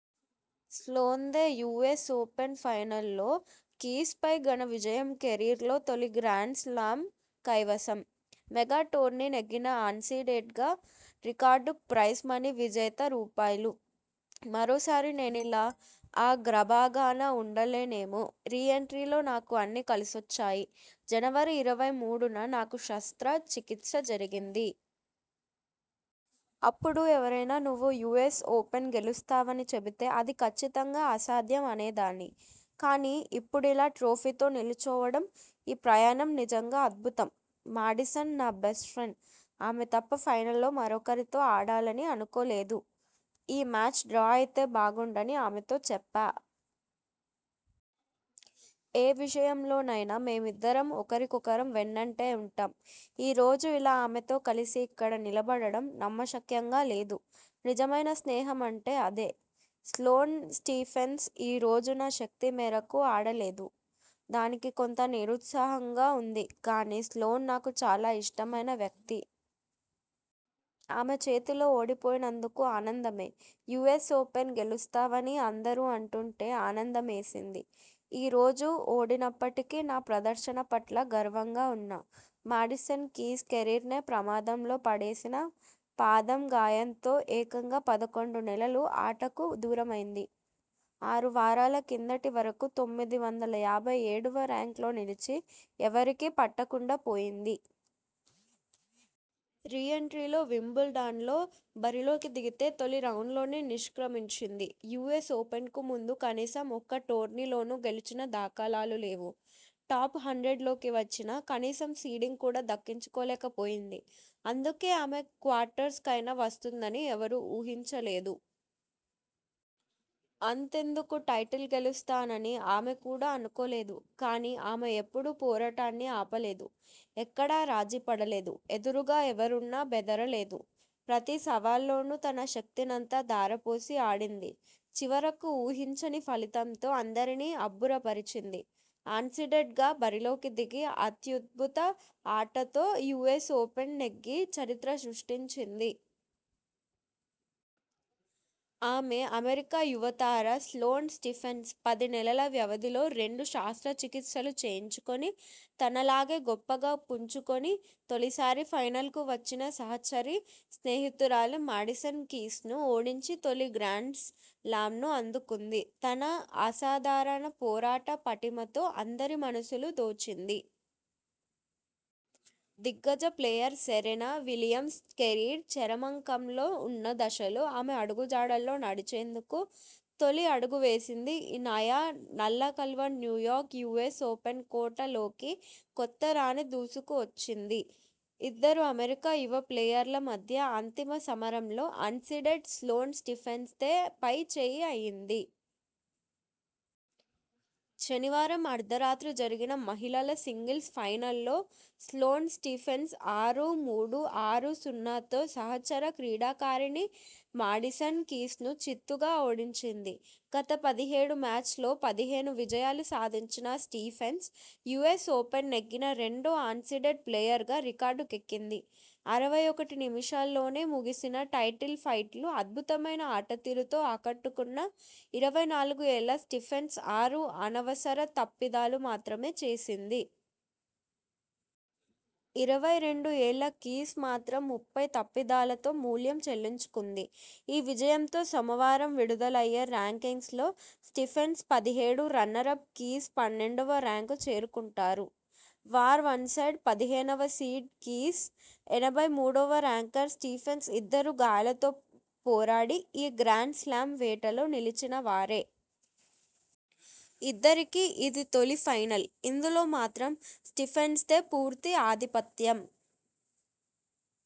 స్లోన్దే US open ఫైనల్లో Keys పై ఘన విజయం కెరీర్లో తొలి గ్రాండ్స్ లామ్ కైవసం. మెగా టోర్నీ నెగ్గిన అన్సీడెడ్గా రికార్డు ప్రైజ్ మనీ విజేత రూపాయలు. మరోసారి నేనిలా అ గ్రభాగాన ఉండలేనేమో! రీ ఎంట్రీలో నాకు అన్నీ కలిసొచ్చాయి. జనవరి ఇరవై మూడున నాకు శస్త్ర చికిత్స జరిగింది. అప్పుడు ఎవరైనా నువ్వు యూఎస్ ఓపెన్ గెలుస్తావని చెబితే అది కచ్చి తంగా అసాధ్యం అనేదాన్ని. కానీ, ఇప్పుడిలా ట్రోఫీతో నిలుచోవడం.. ఈ ప్రయాణం నిజంగా అద్భుతం. మాడిసన్ నా బెస్ట్ ఫ్రెండ్. ఆమె తప్ప ఫైనల్లో మరొకరితో ఆడాలని అనుకోలేదు. ఈ మ్యాచ్ డ్రా అయితే బాగుండని ఆమెతో చెప్పా. ఏ విషయంలోనైనా మేమిద్దరం ఒకరికొకరం వెన్నంటే ఉంటాం. ఈ రోజు ఇలా ఆమెతో కలిసి ఇక్కడ నిలబడడం నమ్మశక్యంగా లేదు. నిజమైన స్నేహం అంటే అదే. స్లోన్ స్టీఫెన్స్ ఈ రోజు నా శక్తి మేరకు ఆడలేదు. దానికి కొంత నిరుత్సాహంగా ఉంది. కానీ, స్లోన్ నాకు చాలా ఇష్టమైన వ్యక్తి. ఆమె చేతిలో ఓడిపోయినందుకు ఆనందమే. యూఎస్ ఓపెన్ గెలుస్తావని అందరూ అంటుంటే ఆనందమేసింది. ఈ రోజు ఓడినప్పటికీ నా ప్రదర్శన పట్ల గర్వంగా ఉన్నా. మాడిసన్ కీస్ కెరీర్నే ప్రమాదంలో పడేసిన పాదం గాయంతో ఏకంగా పదకొండు నెలలు ఆటకు దూరమైంది. ఆరు వారాల కిందటి వరకూ తొమ్మిది వందల యాభై ఏడువ ర్యాంక్లో నిలిచి ఎవరికీ పట్టకుండా పోయింది. రీ ఎంట్రీలో వింబుల్ డన్లో బరిలోకి దిగితే తొలి రౌండ్లోనే నిష్క్రమించింది! యూఎస్ ఓపెన్కు ముందు కనీసం ఒక్క టోర్నీ లోనూ గెలిచిన దాఖలాలు లేవు. టాప్-హండ్రెడ్ లోకి వచ్చినా., కనీసం సీడింగ్ కూడా దక్కించుకోలేక పోయింది! అందుకే.. ఆమె క్వార్టర్స్ కైనా వస్తుందని ఎవరూ ఊహించలేదు. అంతెందుకు టైటిల్ గెలుస్తానని ఆమె కూడా అనుకోలేదు. కానీ, ఆమె ఎప్పుడూ పోరాటాన్ని ఆపలేదు, ఎక్కడా రాజీ పడలేదు, ఎదురుగా ఎవరున్నా బెదరలేదు, ప్రతీ సవాల్లోనూ తన శక్తినంతా ధారపోసి ఆడింది. చివరకు ఊహించని ఫలితంతో అందరినీ అబ్బురపరిచింది. అన్సీడెడ్ గా బరిలోకి దిగి అత్యద్భుత ఆటతో యూఎస్ ఓపెన్ నెగ్గి చరిత్ర సృష్టించింది. ఆమే అమెరికా యువ తార స్లోన్ స్టీఫెన్స్ పది నెలల వ్యవధిలో రెండు శస్త్రచికిత్సలు చేయించుకొని, తనలాగే గొప్పగా పుంజుకొని, తొలిసారి ఫైనల్కు వచ్చిన సహచరి, స్నేహితురాలు మాడిసన్ కీస్ను ఓడించి తొలి గ్రాండ్స్ లామ్ను అందుకుంది. తన అసాధారణ పోరాట పటిమతో అందరి మనసులూ దోచింది. దిగ్గజ ప్లేయర్ సెరెనా విలియమ్స్ కెరీర్ చరమాంకంలో ఉన్న దశలో ఆమె అడుగజాడల్లో నడిచేందుకు, తొలి అడుగు వేసింది ఈ నయా నల్ల కలువ న్యూయార్క్ యూఎస్ ఓపెన్ కోట లోకి కొత్త రాణి దూసుకొచ్చింది. ఇద్దరు అమెరికా యువ ప్లేయర్ల మధ్య అంతిమ సమరంలో అన్సీడెడ్ స్లోన్ స్టీఫెన్స్ దే పై చేయి అయింది. శనివారం అర్ధరాత్రి జరిగిన మహిళల సింగిల్స్ ఫైనల్లో స్లోన్ స్టీఫెన్స్ ఆరు-మూడు, ఆరు-సున్నాతో సహచర క్రీడాకారిణి మాడిసన్ కీస్ను చిత్తుగా ఓడించింది. గత పదిహేడు మ్యాచ్ల్లో పదిహేను విజయాలు సాధించిన స్టీఫెన్స్, యూఎస్ ఓపెన్ నెగ్గిన రెండో అన్సీడెడ్ ప్లేయర్గా రికార్డుకెక్కింది. అరవై ఒకటి నిమిషాల్లోనే ముగిసిన టైటిల్ ఫైట్లో అద్భుతమైన ఆటతీరుతో ఆకట్టుకున్న ఇరవై నాలుగు ఏళ్ల స్టీఫెన్స్ ఆరు అనవసర తప్పిదాలు మాత్రమే చేసింది. ఇరవై రెండు ఏళ్ల కీస్ మాత్రం ముప్పై తప్పిదాలతో మూల్యం చెల్లించుకుంది. ఈ విజయంతో సోమవారం విడుదలయ్యే ర్యాంకింగ్స్ లో స్టీఫెన్స్ పదిహేడు, రన్నరప్ కీస్ పన్నెండువ ర్యాంక్కు చేరుకుంటారు. వార్ వన్సైడ్, పదిహేనవ సీడ్ కీస్, ఎనభై మూడువ ర్యాంకర్ స్టీఫెన్స్ ఇద్దరూ గాయాలతో పోరాడి ఈ గ్రాండ్స్ లామ్ వేటలో నిలిచిన వారే. ఇద్దరికీ ఇది తొలి ఫైనల్. ఇందులో మాత్రం స్టీఫెన్స్ దే పూర్తి ఆధిపత్యం.